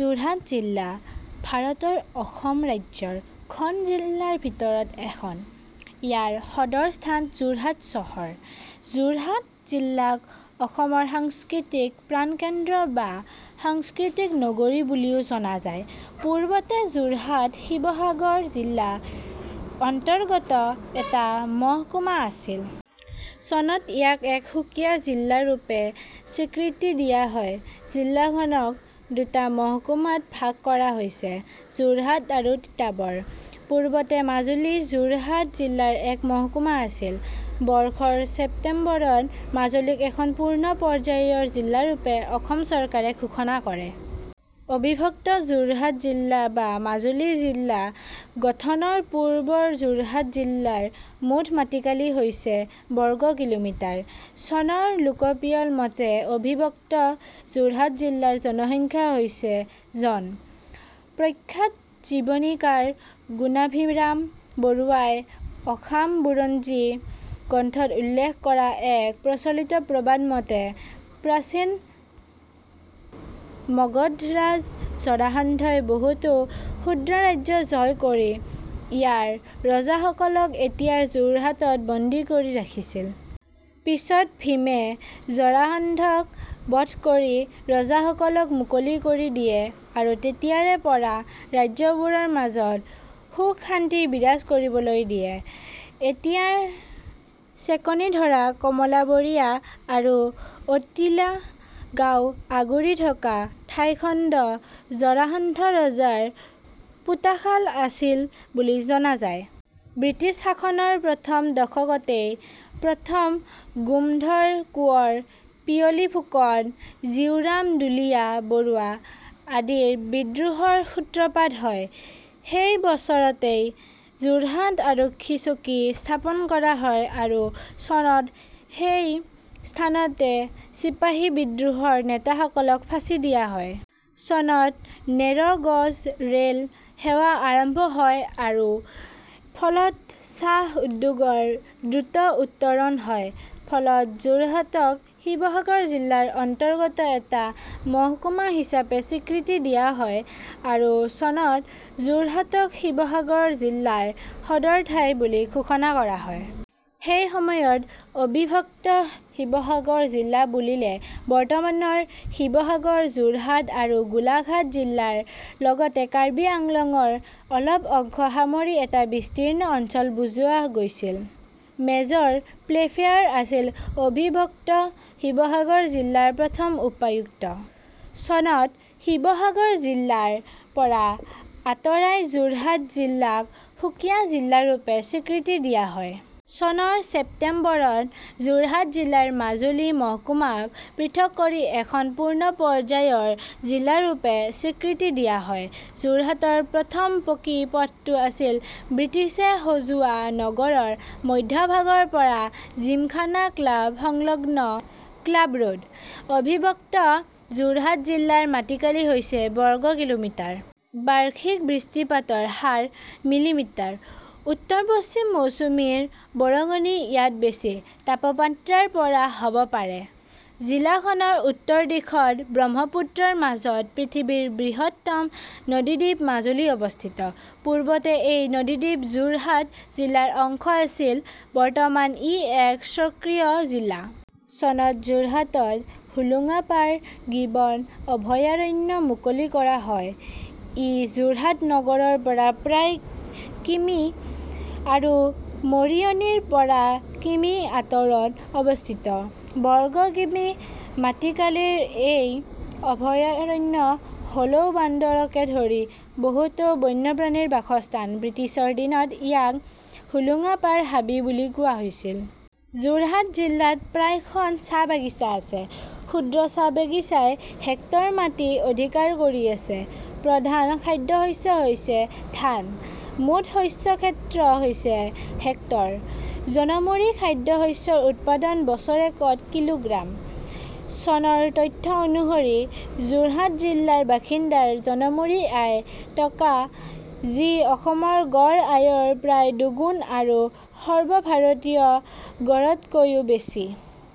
যোৰহাট জিলা ভাৰতৰ অসম ৰাজ্যৰ খন জিলাৰ ভিতৰত এখন। ইয়াৰ সদৰ স্থান যোৰহাট চহৰ। যোৰহাট জিলাক অসমৰ সাংস্কৃতিক প্ৰাণকেন্দ্ৰ বা সাংস্কৃতিক নগৰী বুলিও জনা যায়। পূৰ্বতে যোৰহাট শিৱসাগৰ জিলা ৰ অন্তৰ্গত এটা মহকুমা আছিল। চনত ইয়াক এক সুকীয়া জিলাৰূপে স্বীকৃতি দিয়া হয়। জিলাখনক দুটা মহকুমাত ভাগ কৰা হৈছে: যোৰহাট আৰু তিতাবৰ। পূৰ্বতে মাজুলী যোৰহাট জিলাৰ এক মহকুমা আছিল। বৰ্ষৰ ছেপ্টেম্বৰত মাজুলীক এখন পূৰ্ণ পৰ্যায়ৰ জিলাৰূপে অসম চৰকাৰে ঘোষণা কৰে। অবিভক্ত যোৰহাট জিলা বা মাজুলী জিলা গঠনৰ পূৰ্বৰ যোৰহাট জিলাৰ মুঠ মাটিকালি হৈছে বৰ্গ কিলোমিটাৰ। চনৰ লোকপিয়ল মতে অবিভক্ত যোৰহাট জিলাৰ জনসংখ্যা হৈছে জন। প্ৰখ্যাত জীৱনীকাৰ গুণাভিৰাম বৰুৱাই 'আসাম বুৰঞ্জী' গ্ৰন্থত উল্লেখ কৰা এক প্ৰচলিত প্ৰবাদ মতে প্ৰাচীন মগধৰাজ জৰাসন্ধই বহুতো ক্ষুদ্ৰ ৰাজ্য জয় কৰি ইয়াৰ ৰজাসকলক এতিয়াৰ যোৰহাটত বন্দী কৰি ৰাখিছিল। পিছত ভীমে জৰাসন্ধক বধ কৰি ৰজাসকলক মুকলি কৰি দিয়ে আৰু তেতিয়াৰে পৰা ৰাজ্যবোৰৰ মাজত সুখ-শান্তি বিৰাজ কৰিবলৈ দিয়ে। এতিয়াৰ চেকণীধৰা, কমলাবৰীয়া আৰু আতিলা গাঁও আগুৰি থকা ঠাইখণ্ড জৰাসন্ধ ৰজাৰ পোতাশাল আছিল বুলি জনা যায়। ব্ৰিটিছ শাসনৰ প্ৰথম দশকতেই চনত গোমধৰ কোঁৱৰ, পিয়লী ফুকন, জীউৰাম দুলীয়া বৰুৱা আদিৰ বিদ্ৰোহৰ সূত্ৰপাত হয়। সেই বছৰতেই যোৰহাট আৰক্ষী চকী স্থাপন কৰা হয় আৰু চনত সেই স্থানতে চিপাহী বিদ্ৰোহ ৰ নেতাসকলক ফাঁচী দিয়া হয়। চনত নেৰ'-গজ ৰেল সেৱা আৰম্ভ হয় আৰু ফলত চাহ উদ্যোগৰ দ্ৰুত উত্তৰণ হয়। চনত যোৰহাটক শিৱসাগৰ জিলাৰ অন্তৰ্গত এটা মহকুমা হিচাপে স্বীকৃতি দিয়া হয় আৰু চনত যোৰহাটক শিৱসাগৰ জিলাৰ সদৰ ঠাই বুলি ঘোষণা কৰা হয়। সেই সময়ত অবিভক্ত শিৱসাগৰ জিলা বুলিলে বৰ্তমানৰ শিৱসাগৰ, যোৰহাট আৰু গোলাঘাট জিলা ৰ লগতে কাৰ্বি আংলঙৰ অলপ অংশ সামৰি এটা বিস্তীৰ্ণ অঞ্চল বুজোৱা গৈছিল। মেজৰ প্লে'ফেয়াৰ আছিল অবিভক্ত শিৱসাগৰ জিলাৰ প্ৰথম উপায়ুক্ত। চনত শিৱসাগৰ জিলাৰ পৰা আঁতৰাই যোৰহাট জিলাক সুকীয়া জিলাৰূপে স্বীকৃতি দিয়া হয়। চনৰ ছেপ্টেম্বৰত যোৰহাট জিলাৰ মাজুলী মহকুমাক পৃথক কৰি এখন পূৰ্ণ পৰ্যায়ৰ জিলাৰূপে স্বীকৃতি দিয়া হয়। যোৰহাটৰ প্ৰথম পকী পথটো আছিল ব্ৰিটিছে সজোৱা নগৰৰ মধ্যভাগৰ পৰা জিমখানা ক্লাব সংলগ্ন 'ক্লাব ৰ'ড'। অবিভক্ত যোৰহাট জিলাৰ মাটিকালি হৈছে বৰ্গ কিলোমিটাৰ। বাৰ্ষিক বৃষ্টিপাতৰ হাৰ মিলিমিটাৰ। উত্তৰ-পশ্চিম মৌচুমীৰ বৰঙণি ইয়াত বেছি। তাপমাত্ৰা ৰ পৰা হ'ব পাৰে। জিলাখনৰ উত্তৰ দিশত ব্ৰহ্মপুত্ৰৰ মাজত পৃথিৱীৰ বৃহত্তম নদীদ্বীপ মাজুলী অৱস্থিত। পূৰ্বতে এই নদীদ্বীপ যোৰহাট জিলাৰ অংশ আছিল। বৰ্তমান ই এক স্বকীয় জিলা। চনত যোৰহাটত হোলোঙাপাৰ গিবন অভয়াৰণ্য মুকলি কৰা হয়। ই যোৰহাট নগৰৰ পৰা প্ৰায় কিমি আৰু মৰিয়নি ৰ পৰা কিমি আঁতৰত অৱস্থিত। বৰ্গ কিমি মাটিকালিৰ এই অভয়াৰণ্য হলৌ বান্দৰকে ধৰি বহুতো বন্যপ্ৰাণীৰ বাসস্থান। ব্ৰিটিছৰ দিনত ইয়াক হোলোঙাপাৰ হাবি বুলি কোৱা হৈছিল। যোৰহাট জিলাত প্ৰায় খন চাহ বাগিছা আছে। ক্ষুদ্ৰ চাহ বাগিছাই হেক্টৰ মাটি অধিকাৰ কৰি আছে। প্ৰধান খাদ্যশস্য হৈছে ধান। মুঠ শস্য ক্ষেত্ৰ হৈছে হেক্টৰ। জনমুৰি খাদ্য শস্যৰ উৎপাদন বছৰেকত কিলোগ্ৰাম। চনৰ তথ্য অনুসৰি যোৰহাট জিলাৰ বাসিন্দাৰ জনমুৰি আয় টকা যি অসমৰ গড় আয়ৰ প্ৰায় দুগুণ আৰু সৰ্বভাৰতীয় গড়তকৈও বেছি।